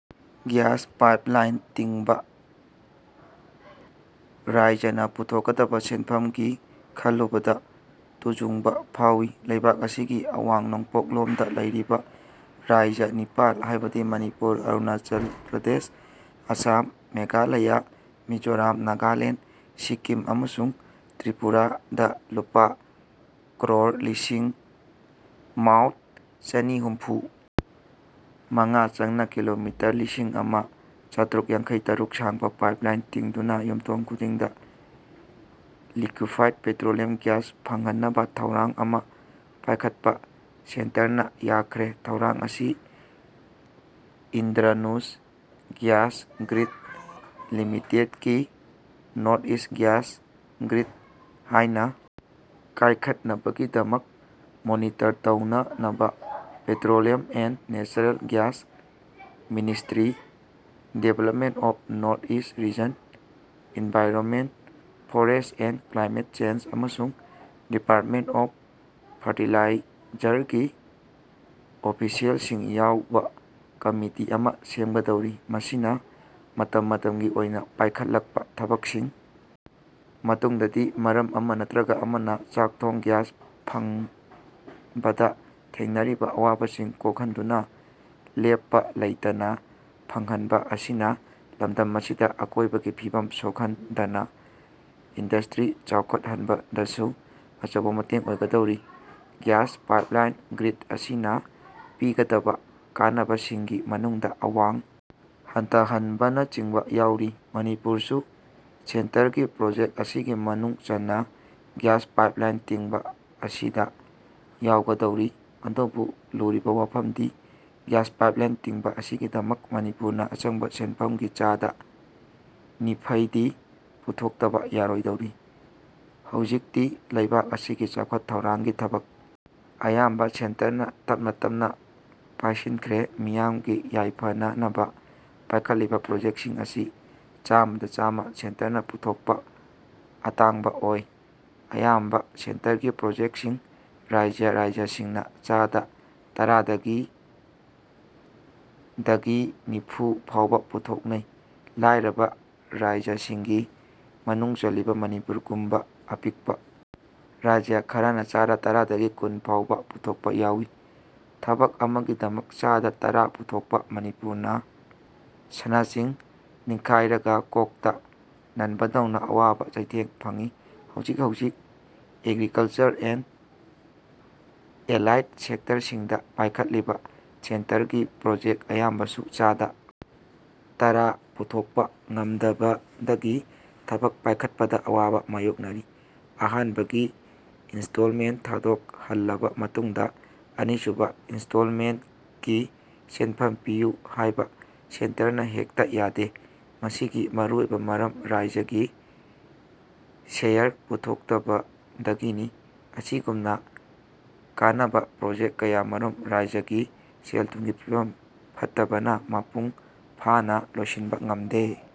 Gas pipeline ꯇꯤꯡꯕ ꯔꯥꯢꯖꯅ ꯄꯨꯊꯣꯛꯀꯗꯕ ꯁꯦꯟꯐꯝꯒꯤ ꯈꯜꯂꯨꯕꯗ ꯇꯨꯖꯨꯡꯕ ꯐꯥꯎꯏ ꯂꯩꯕꯥꯛ ꯑꯁꯤꯒꯤ ꯑꯋꯥꯡ ꯅꯣꯡꯄꯣꯛꯂꯣꯝꯗ ꯂꯩꯔꯤꯕ ꯔꯥꯢꯖ ꯅꯤꯄꯥꯜ ꯍꯥꯏꯕꯗꯤ ꯃꯅꯤꯄꯨꯔ, ꯑꯔꯨꯅꯥꯆꯜ ꯄ꯭ꯔꯗꯦꯁ, ꯑꯁꯥꯝ, ꯃꯦꯘꯥꯂꯌꯥ, ꯃꯤꯖꯣꯔꯥꯝ, ꯅꯥꯒꯥꯂꯦꯟꯗ, ꯁꯤꯛꯀꯤꯝ ꯑꯃꯁꯨꯡ ꯇ꯭ꯔꯤꯄꯨꯔꯥꯗ ꯂꯨꯄꯥ ꯀ꯭ꯔꯣꯔ ꯂꯤꯁꯤꯡ ꯃꯥꯎꯠ ꯆꯅꯤ ꯍꯨꯝꯐꯨ ꯃꯉꯥ ꯆꯪꯅ ꯀꯤꯂꯣꯃꯤꯇꯔ ꯂꯤꯁꯤꯡ ꯑꯃꯥ ꯆꯥꯇ꯭ꯔꯨꯛ ꯌꯥꯡꯈꯩ ꯇꯔꯨꯛ ꯁꯥꯡꯕ ꯄꯥꯏꯞꯂꯥꯏꯟ ꯇꯤꯡꯗꯨꯅ ꯌꯨꯝꯊꯣꯡ ꯈꯨꯗꯤꯡꯗ ꯂꯤꯀ꯭ꯋꯤꯐꯥꯢꯗ ꯄꯦꯇ꯭ꯔꯣꯂꯤꯌꯝ ꯒꯤꯌꯥꯁ ꯐꯪꯍꯟꯅꯕ ꯊꯧꯔꯥꯡ ꯑꯃ ꯄꯥꯏꯈꯠꯄ ꯁꯦꯟꯇꯔꯅ ꯌꯥꯈ꯭ꯔꯦ꯫ ꯊꯧꯔꯥꯡ ꯑꯁꯤ ꯏꯟꯗ꯭ꯔꯅꯨꯁ ꯒ꯭ꯌꯥꯁ ꯒ꯭ꯔꯤꯗ ꯂꯤꯃꯤꯇꯦꯗꯀꯤ ꯅꯣꯔꯊ ꯏꯁꯠ ꯒ꯭ꯌꯥꯁ ꯒ꯭ꯔꯤꯗ ꯍꯥꯏꯅ ꯀꯥꯏꯈꯠꯅꯕꯒꯤꯗꯃꯛ ꯃꯣꯅꯤꯇꯔ ꯇꯧꯅꯅꯕ petroleum and natural gas ministry, development of north east region environment, forest and climate change ꯑꯃꯁꯨꯡ ꯗꯤꯄꯥꯔꯠꯃꯦꯟꯠ ꯑꯣꯐ ꯐꯔꯇꯤꯂꯥꯏꯖꯔꯒꯤ ꯑꯣꯐꯤꯁꯤꯌꯦꯜꯁꯤꯡ ꯌꯥꯎꯕ ꯀꯝꯃꯤꯇꯤ ꯑꯃꯅ ꯁꯦꯝꯒꯗꯧꯔꯤ꯫ ꯃꯁꯤꯅ ꯃꯇꯝ ꯃꯇꯝꯒꯤ ꯑꯣꯏꯅ ꯄꯥꯏꯈꯠꯂꯛꯄ ꯊꯕꯛꯁꯤꯡ ꯃꯇꯨꯡꯗꯗꯤ ꯃꯔꯝ ꯑꯃ ꯅꯠꯇ꯭ꯔꯒ ꯑꯃꯅ ꯆꯥꯛꯊꯣꯡ ꯒ꯭ꯌꯥꯁ ꯐꯪꯕꯗ ꯊꯦꯡꯅꯔꯤꯕ ꯑꯋꯥꯕꯁꯤꯡ ꯀꯣꯛꯍꯟꯗꯨꯅ ꯂꯦꯞꯄ ꯂꯩꯇꯅ ꯐꯪꯍꯟꯕ ꯑꯁꯤꯅ ꯂꯝꯗꯝ ꯑꯁꯤꯗ ꯑꯀꯣꯏꯕꯒꯤ ꯐꯤꯚꯝ ꯁꯣꯛꯍꯟꯗꯅ ꯏꯟꯗꯁꯇ꯭ꯔꯤ ꯆꯥꯎꯈꯠꯍꯟꯕꯗꯁꯨ ꯑꯆꯧꯕ ꯃꯇꯦꯡ ꯑꯣꯏꯍꯟꯒꯗꯧꯔꯤ꯫ ꯒ꯭ꯌꯥꯁ ꯄꯥꯏꯞꯂꯥꯏꯟ ꯒ꯭ꯔꯤꯗ ꯑꯁꯤꯅ ꯄꯤꯒꯗꯕ ꯀꯥꯟꯅꯕꯁꯤꯡꯒꯤ ꯃꯅꯨꯡꯗ ꯑꯋꯥꯡ ꯍꯟꯊꯍꯟꯕꯅꯆꯤꯡꯕ ꯌꯥꯎꯔꯤ꯫ ꯃꯅꯤꯄꯨꯔꯁꯨ ꯁꯦꯟꯇꯔꯒꯤ ꯄ꯭ꯔꯣꯖꯦꯛ ꯑꯁꯤꯒꯤ ꯃꯅꯨꯡ ꯆꯟꯅ ꯒ꯭ꯌꯥꯁ ꯄꯥꯏꯞꯂꯥꯏꯟ ꯇꯤꯡꯕ ꯑꯁꯤꯗ ꯌꯥꯎꯒꯗꯧꯔꯤ꯫ ꯑꯗꯨꯕꯨ ꯂꯨꯔꯤꯕ ꯋꯥꯐꯝꯗꯤ ꯒ꯭ꯌꯥꯁ ꯄꯥꯏꯞꯂꯥꯏꯟ ꯇꯤꯡꯕ ꯑꯁꯤꯒꯤꯗꯃꯛ ꯃꯅꯤꯄꯨꯔꯅ ꯑꯆꯪꯕ ꯁꯦꯟꯐꯝꯒꯤ ꯆꯥꯗ ꯅꯤꯐꯩꯗꯤ ꯄꯨꯊꯣꯛꯇꯕ ꯌꯥꯔꯣꯏꯗꯧꯔꯤ꯫ ꯍꯧꯖꯤꯛꯇꯤ ꯂꯩꯕꯥꯛ ꯑꯁꯤꯒꯤ ꯆꯥꯎꯈꯠ ꯊꯧꯔꯥꯡꯒꯤ ꯊꯕꯛ ꯑꯌꯥꯝꯕ ꯁꯦꯟꯇꯔꯅ ꯇꯞꯅ ꯇꯞꯅ ꯄꯥꯏꯁꯤꯟꯈ꯭ꯔꯦ꯫ ꯃꯤꯌꯥꯝꯒꯤ ꯌꯥꯏꯐꯅꯅꯕ ꯄꯥꯏꯈꯠꯂꯤꯕ ꯄ꯭ꯔꯣꯖꯦꯛꯁꯤꯡ ꯑꯁꯤ ꯆꯥꯃꯗ ꯆꯥꯝꯃ ꯁꯦꯟꯇꯔꯅ ꯄꯨꯊꯣꯛꯄ ꯑꯇꯥꯡꯕ ꯑꯣꯏ꯫ ꯑꯌꯥꯝꯕ ꯁꯦꯟꯇꯔꯒꯤ ꯄ꯭ꯔꯣꯖꯦꯛꯁꯤꯡ ꯔꯥꯢꯖ ꯔꯥꯢꯖꯁꯤꯡꯅ ꯆꯥꯗ ꯇꯔꯥꯗꯒꯤ ꯗꯒꯤ ꯅꯤꯐꯨ ꯐꯥꯎꯕ ꯄꯨꯊꯣꯛꯅꯩ꯫ ꯂꯥꯏꯔꯕ ꯔꯥꯢꯖꯁꯤꯡꯒꯤ ꯃꯅꯨꯡ ꯆꯜꯂꯤꯕ ꯃꯅꯤꯄꯨꯔꯒꯨꯝꯕ ꯑꯄꯤꯛꯄ ꯔꯥꯢꯖ ꯈꯔꯅ ꯆꯥꯗ ꯇꯔꯥ ꯗꯒꯤ ꯀꯨꯟ ꯐꯥꯎꯕ ꯄꯨꯊꯣꯛꯄ ꯌꯥꯎꯏ꯫ ꯊꯕꯛ ꯑꯃꯒꯤꯗꯃꯛ ꯆꯥꯗ ꯇꯔꯥ ꯄꯨꯊꯣꯛꯄꯗ ꯃꯅꯤꯄꯨꯔꯅ ꯁꯅꯆꯤꯡ ꯅꯤꯡꯈꯥꯏꯔꯒ ꯀꯣꯛꯇ ꯅꯟꯕꯗꯧꯅ ꯑꯋꯥꯕ ꯆꯩꯊꯦꯡ ꯐꯪꯏ꯫ ꯍꯧꯖꯤꯛ ꯍꯧꯖꯤꯛ ꯑꯦꯒ꯭ꯔꯤꯀꯜꯆꯔ ꯑꯦꯟꯗ ꯑꯦꯂꯥꯏꯗ ꯁꯦꯛꯇꯔꯁꯤꯡꯗ ꯄꯥꯏꯈꯠꯂꯤꯕ ꯁꯦꯟꯇꯔꯒꯤ ꯄ꯭ꯔꯣꯖꯦꯛ ꯑꯌꯥꯝꯕꯁꯨ ꯆꯥꯗ ꯇꯔꯥ ꯄꯨꯊꯣꯛꯄ ꯉꯝꯗꯕꯗꯒꯤ ꯊꯕꯛ ꯄꯥꯏꯈꯠꯄꯗ ꯑꯋꯥꯕ ꯃꯥꯌꯣꯛꯅꯔꯤ꯫ ꯑꯍꯥꯟꯕꯒꯤ ꯏꯟꯁꯇꯣꯜꯃꯦꯟ ꯊꯥꯗꯣꯛꯍꯜꯂꯕ ꯃꯇꯨꯡꯗ ꯑꯅꯤꯁꯨꯕ ꯏꯟꯁꯇꯣꯜꯃꯦꯟꯀꯤ ꯁꯦꯟꯐꯝ ꯄꯤꯌꯨ ꯍꯥꯏꯕ ꯁꯦꯟꯇꯔꯅ ꯍꯦꯛꯇ ꯌꯥꯗꯦ꯫ ꯃꯁꯤꯒꯤ ꯃꯔꯨꯑꯣꯏꯕ ꯃꯔꯝ ꯔꯥꯢꯖꯒꯤ ꯁꯦꯌꯔ ꯄꯨꯊꯣꯛꯇꯕꯗꯒꯤꯅꯤ꯫ ꯑꯁꯤꯒꯨꯝꯅ ꯀꯥꯟꯅꯕ ꯄ꯭ꯔꯣꯖꯦꯛ ꯀꯌꯥꯃꯔꯨꯝ ꯔꯥꯢꯖꯒꯤ ꯁꯦꯜ-ꯊꯨꯝꯒꯤ ꯐꯤꯚꯝ ꯐꯠꯇꯕꯅ ꯃꯄꯨꯡ ꯐꯥꯅ ꯂꯣꯏꯁꯤꯟꯕ ꯉꯝꯗꯦ꯫